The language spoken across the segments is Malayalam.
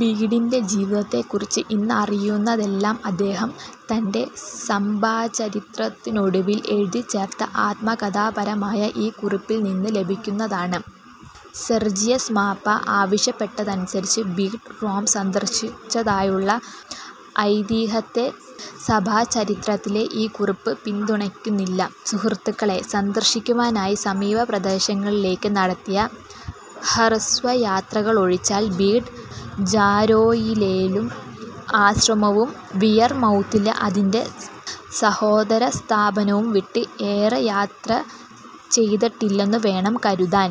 ബീഡിന്റെ ജീവിതത്തെക്കുറിച്ച് ഇന്ന് അറിയാവുന്നതെല്ലാം അദ്ദേഹം തന്റെ സഭാചരിത്രത്തിനൊടുവിൽ എഴുതിച്ചേർത്ത ആത്മകഥാപരമായ ഈ കുറിപ്പിൽ നിന്ന് ലഭിക്കുന്നതാണ്:- സെർജിയസ് മാർപ്പാപ്പ ആവശ്യപ്പെട്ടതനുസരിച്ച് ബീഡ് റോം സന്ദർശിച്ചതായുള്ള ഐതിഹ്യത്തെ സഭാചരിത്രത്തിലെ ഈ കുറിപ്പ് പിന്തുണയ്ക്കുന്നില്ല. സുഹൃത്തുക്കളെ സന്ദർശിക്കുവാനായി സമീപപ്രദേശങ്ങളിലേക്ക് നടത്തിയ ഹ്രസ്വയാത്രകളൊഴിച്ചാൽ ബീഡ് ജാരോയിലേയും ആശ്രമവും വിയർമൗത്തിലെ അതിന്റെ സഹോദരസ്ഥാപനവും വിട്ട് ഏറെ യാത്ര ചെയ്തിട്ടില്ലെന്നു വേണം കരുതാൻ.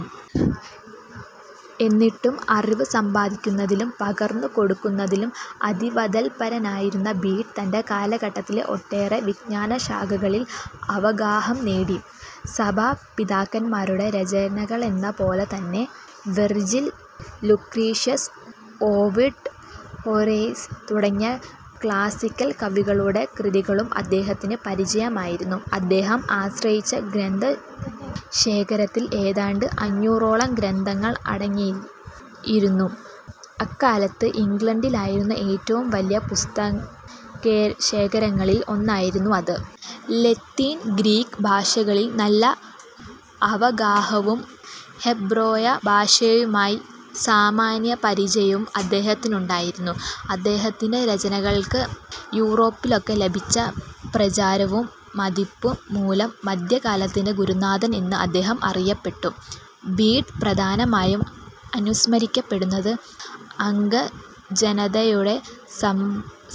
എന്നിട്ടും, അറിവ് സമ്പാദിക്കുന്നതിലും പകർന്നുകൊടുക്കുന്നതിലും അതീവതൽപരനായിരുന്ന ബീഡ് തന്റെ കാലഘട്ടത്തിലെ ഒട്ടേറെ വിജ്ഞാനശാഖകളിൽ അവഗാഹം നേടി. സഭാപിതാക്കാന്മാരുടെ രചനകളെന്നപോലെതന്നെ, വെർജിൽ, ലുക്രീഷ്യസ്, ഓവിഡ്, ഹൊറേസ് തുടങ്ങിയ ക്ലാസ്സിക്കൽ കവികളുടെ കൃതികളും അദ്ദേഹത്തിന് പരിചയമായിരുന്നു. അദ്ദേഹം ആശ്രയിച്ച ഗ്രന്ഥശേഖരത്തിൽ ഏതാണ്ട് അഞ്ഞൂറോളം ഗ്രന്ഥങ്ങൾ അടങ്ങിയിരുന്നു. അക്കാലത്ത് ഇംഗ്ലണ്ടിലുണ്ടായിരുന്ന ഏറ്റവും വലിയ പുസ്തകശേഖരങ്ങളിൽ ഒന്നായിരുന്നു അത്. ലത്തീൻ, ഗ്രീക്ക് ഭാഷകളിൽ നല്ല അവഗാഹവും ഹെബ്രായ ഭാഷയുമായി സാമാന്യപരിചയവും അദ്ദേഹത്തിനുണ്ടായിരുന്നു. അദ്ദേഹത്തിന്റെ രചനകൾക്ക് യൂറോപ്പിലാകെ ലഭിച്ച പ്രചാരവും മതിപ്പും മൂലം മദ്ധ്യകാലത്തിന്റെ ഗുരുനാഥൻ എന്ന് അദ്ദേഹം അറിയപ്പെട്ടു.. ബീഡ് പ്രധാനമായും അനുസ്മരിക്കപ്പെടുന്നത് ആംഗലജനതയുടെ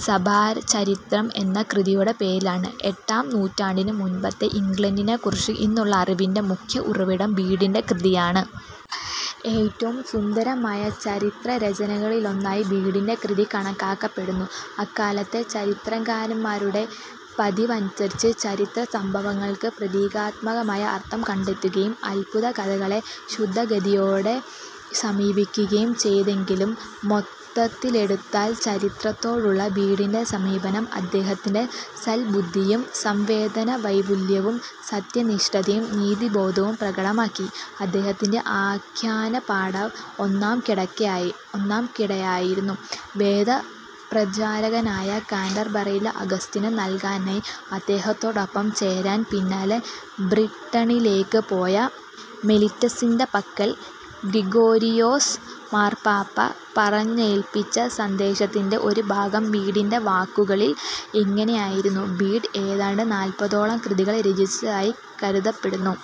സഭാചരിത്രം എന്ന കൃതിയുടെ പേരിലാണ്. എട്ടാം നൂറ്റാണ്ടിന് മുൻപത്തെ ഇംഗ്ലണ്ടിനെക്കുറിച്ച് ഇന്നുള്ള അറിവിന്റെ മുഖ്യ ഉറവിടം ബീഡിന്റെ കൃതിയാണ്. ഏറ്റവും സുന്ദരമായ ചരിത്രരചനകളിലൊന്നായി ബീഡിന്റെ കൃതി കണക്കാക്കപ്പെടുന്നു. അക്കാലത്തെ ചരിത്രകാരന്മാരുടെ പതിവനുസരിച്ച് ചരിത്രസംഭവങ്ങൾക്ക് പ്രതീകാത്മകമായ അർത്ഥം കണ്ടെത്തുകയും, അത്ഭുതകഥകളെ ശുദ്ധഗതിയോടെ സമീപിക്കുകയും ചെയ്തെങ്കിലും മൊത്തത്തിലെടുത്താൽ ചരിത്രത്തോടുള്ള ബീഡിന്റെ സമീപനം അദ്ദേഹത്തിന്റെ സൽബുദ്ധിയും, സംവേദനാവൈപുല്യവും, സത്യനിഷ്ഠയും, നീതിബോധവും പ്രകടമാക്കി.. അദ്ദേഹത്തിന്റെ ആഖ്യാനപാടവം ഒന്നാംകിടയായിരുന്നു. വേദപ്രചാരകനായ കാന്റർബറിയിലെ അഗസ്റ്റിന് നൽകാനായി, അദ്ദേഹത്തോടൊപ്പം ചേരാൻ പിന്നാലെ ബ്രിട്ടണിലേക്ക് പോയ മെലിറ്റസിന്റെ പക്കൽ ഗ്രിഗോരിയോസ് മാർപ്പാപ്പ പറഞ്ഞേല്പ്പിച്ച സന്ദേശത്തിന്റെ ഒരുഭാഗം ബീഡിന്റെ വാക്കുകളിൽ ഇങ്ങനെയായിരുന്നു:- ബീഡ് ഏതാണ്ട് നാല്പതോളം കൃതികൾ രചിച്ചതായി കരുതപ്പെടുന്നു.